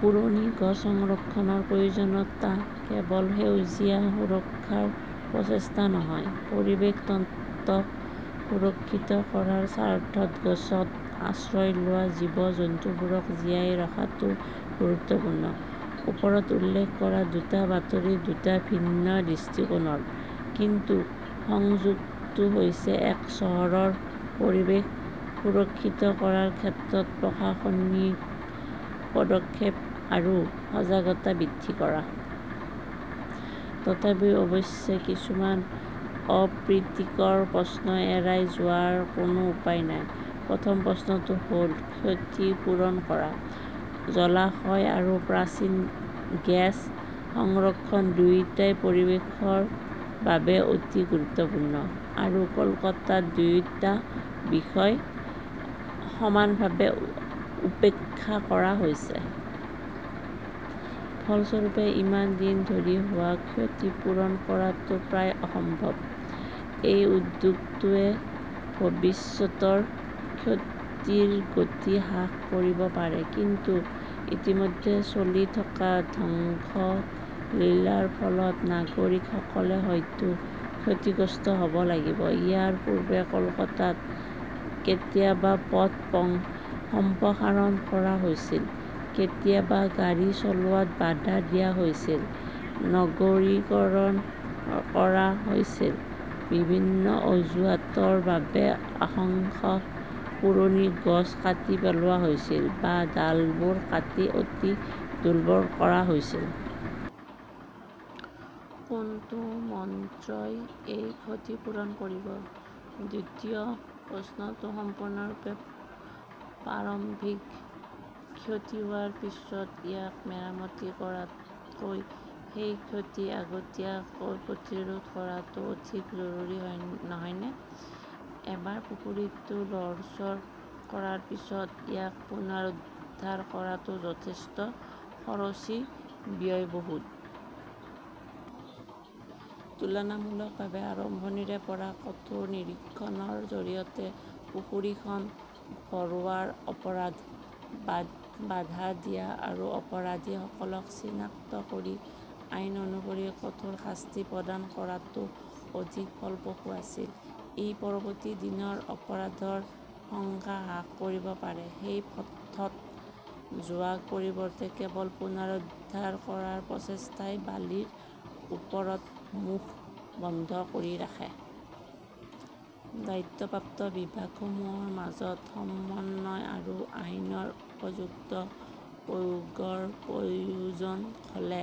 পুৰণি গছ সংৰক্ষণৰ প্ৰয়োজনীয়তা কেৱল সেউজীয়া সুৰক্ষাৰ প্ৰচেষ্টাত নহয়, পৰিৱেশ তন্ত্ৰ সুৰক্ষিত কৰাৰ স্বাৰ্থত গছত আশ্ৰয় লোৱা জীৱ-জন্তুবোৰক জীয়াই ৰখাটোও গুৰুত্বপূৰ্ণ। ওপৰত উল্লেখ কৰা দুটা বাতৰি দুটা ভিন্ন দৃষ্টিকোণৰ। কিন্তু সংযোগটো হৈছে এক-চহৰৰ পৰিৱেশ সুৰক্ষিত কৰাৰ ক্ষেত্ৰত প্ৰশাসনিক পদক্ষেপ আৰু সজাগতা বৃদ্ধি কৰা। তথাপিও, অৱশ্যে কিছুমান অপ্ৰীতিকৰ প্ৰশ্ন এৰাই যোৱাৰ কোনো উপায় নাই। প্ৰথম প্ৰশ্নটো হ'ল ক্ষতি পূৰণ কৰা। জলাশয়, আৰু প্ৰাচীন গেছ সংৰক্ষণ-দুয়োটাই পৰিৱেশৰ বাবে অতি গুৰুত্বপূৰ্ণ। আৰু কলকাতাত দুয়োটা বিষয় সমানভাৱে উপেক্ষা কৰা হৈছে। ফলস্বৰূপে, ইমান দিন ধৰি হোৱা ক্ষতি পূৰণ কৰাটো প্ৰায় অসম্ভৱ। এই উদ্যোগটোৱে ভৱিষ্যতৰ ক্ষতিৰ গতি হ্ৰাস কৰিব পাৰে, কিন্তু ইতিমধ্যে চলি থকা ধ্বংসলীলাৰ ফলত নাগৰিকসকলে হয়তো ক্ষতিগ্ৰস্ত হ'ব লাগিব। ইয়াৰ পূৰ্বে কলকাতাত কেতিয়াবা পথ সম্প্ৰসাৰণ কৰা হৈছিল, কেতিয়াবা গাড়ী চলোৱাত বাধা দিয়া হৈছিল, নগৰীকৰণ কৰা হৈছিল, বিভিন্ন অজুহাতৰ বাবে আসংখ্য পুৰণি গছ কাটি পেলোৱা হৈছিল, বা ডালবোৰ কাটি অতি দুৰ্বল কৰা হৈছিল। কোনটো মন্ত্ৰই এই ক্ষতি পূৰণ কৰিব? দ্বিতীয় প্ৰশ্নটো সম্পূৰ্ণৰূপে প্ৰাৰম্ভিক। ক্ষতি হোৱাৰ পিছত ইয়াক মেৰামতি কৰাতকৈ সেই ক্ষতি আগতীয়াকৈ প্ৰতিৰোধ কৰাটো অধিক জৰুৰী নহয়নে? এবাৰ পুখুৰীটো লৰচৰ কৰাৰ পিছত ইয়াক পুনৰুদ্ধাৰ কৰাটো যথেষ্ট খৰচী, ব্যয়বহুল। তুলনামূলকভাৱে আৰম্ভণিৰে পৰাই কঠোৰ নিৰীক্ষণৰ জৰিয়তে পুখুৰীখন ভৰোৱাৰ অপৰাধত বাধা দিয়া আৰু অপৰাধীসকলক চিনাক্ত কৰি আইন অনুসৰি কঠোৰ শাস্তি প্ৰদান কৰাটো অধিক ফলপ্ৰসূ আছিল। ই পৰৱৰ্তী দিনৰ অপৰাধৰ সংখ্যা হ্ৰাস কৰিব পাৰে। সেই পথত যোৱাৰ পৰিৱৰ্তে কেৱল পুনৰুদ্ধাৰ কৰাৰ প্ৰচেষ্টাই বালিৰ ওপৰত মুখ বন্ধ কৰি ৰাখে। দায়িত্বপ্ৰাপ্ত বিভাগসমূহৰ মাজত সমন্বয় আৰু আইনৰ উপযুক্ত প্ৰয়োগৰ প্ৰয়োজন হ'লে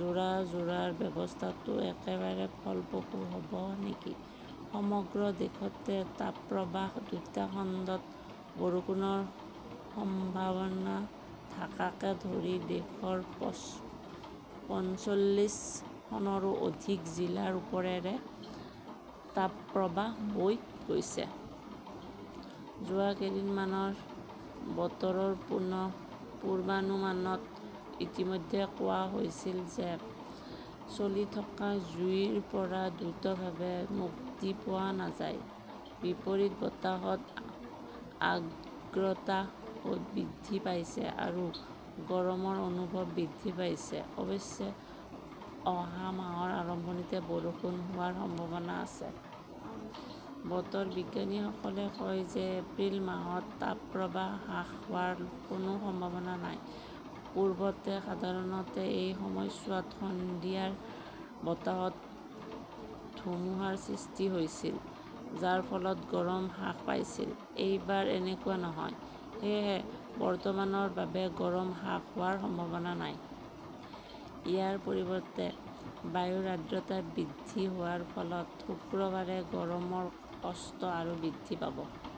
যোৰা-যোৰাৰ ব্যৱস্থাটো একেবাৰে ফলপ্ৰসূ হ'ব নেকি? সমগ্ৰ দেশতে তাপপ্ৰবাহ দুটা খণ্ডত বৰষুণৰ সম্ভাৱনা ঢাকাকে ধৰি দেশৰ পঞ্চল্লিছ খনৰো অধিক জিলাৰ ওপৰেৰে তাপপ্ৰবাহ বৈ গৈছে। যোৱা কেইদিনমানৰ বতৰৰ পূৰ্বানুমানত ইতিমধ্যে কোৱা হৈছিল যে চলি থকা জুইৰ পৰা দ্ৰুতভাৱে মুক্তি পোৱা নাযায়। বিপৰীত বতাহত আৰ্দ্ৰতা বৃদ্ধি পাইছে আৰু গৰমৰ অনুভৱ বৃদ্ধি পাইছে। অৱশ্যে অহা মাহৰ আৰম্ভণিতে বৰষুণ হোৱাৰ সম্ভাৱনা আছে। বতৰ বিজ্ঞানীসকলে কয় যে, এপ্ৰিল মাহত তাপপ্ৰবাহ হ্ৰাস হোৱাৰ কোনো সম্ভাৱনা নাই। পূৰ্বতে সাধাৰণতে এই সময়ছোৱাত সন্ধিয়াৰ বতাহত ধুমুহাৰ সৃষ্টি হৈছিল, যাৰ ফলত গৰম হ্ৰাস পাইছিল। এইবাৰ এনেকুৱা নহয়। সেয়েহে বৰ্তমানৰ বাবে গৰম হ্ৰাস হোৱাৰ সম্ভাৱনা নাই। ইয়াৰ পৰিৱৰ্তে, বায়ুৰ আৰ্দ্ৰতা বৃদ্ধি হোৱাৰ ফলত শুক্ৰবাৰে গৰমৰ কষ্ট আৰু বৃদ্ধি পাব।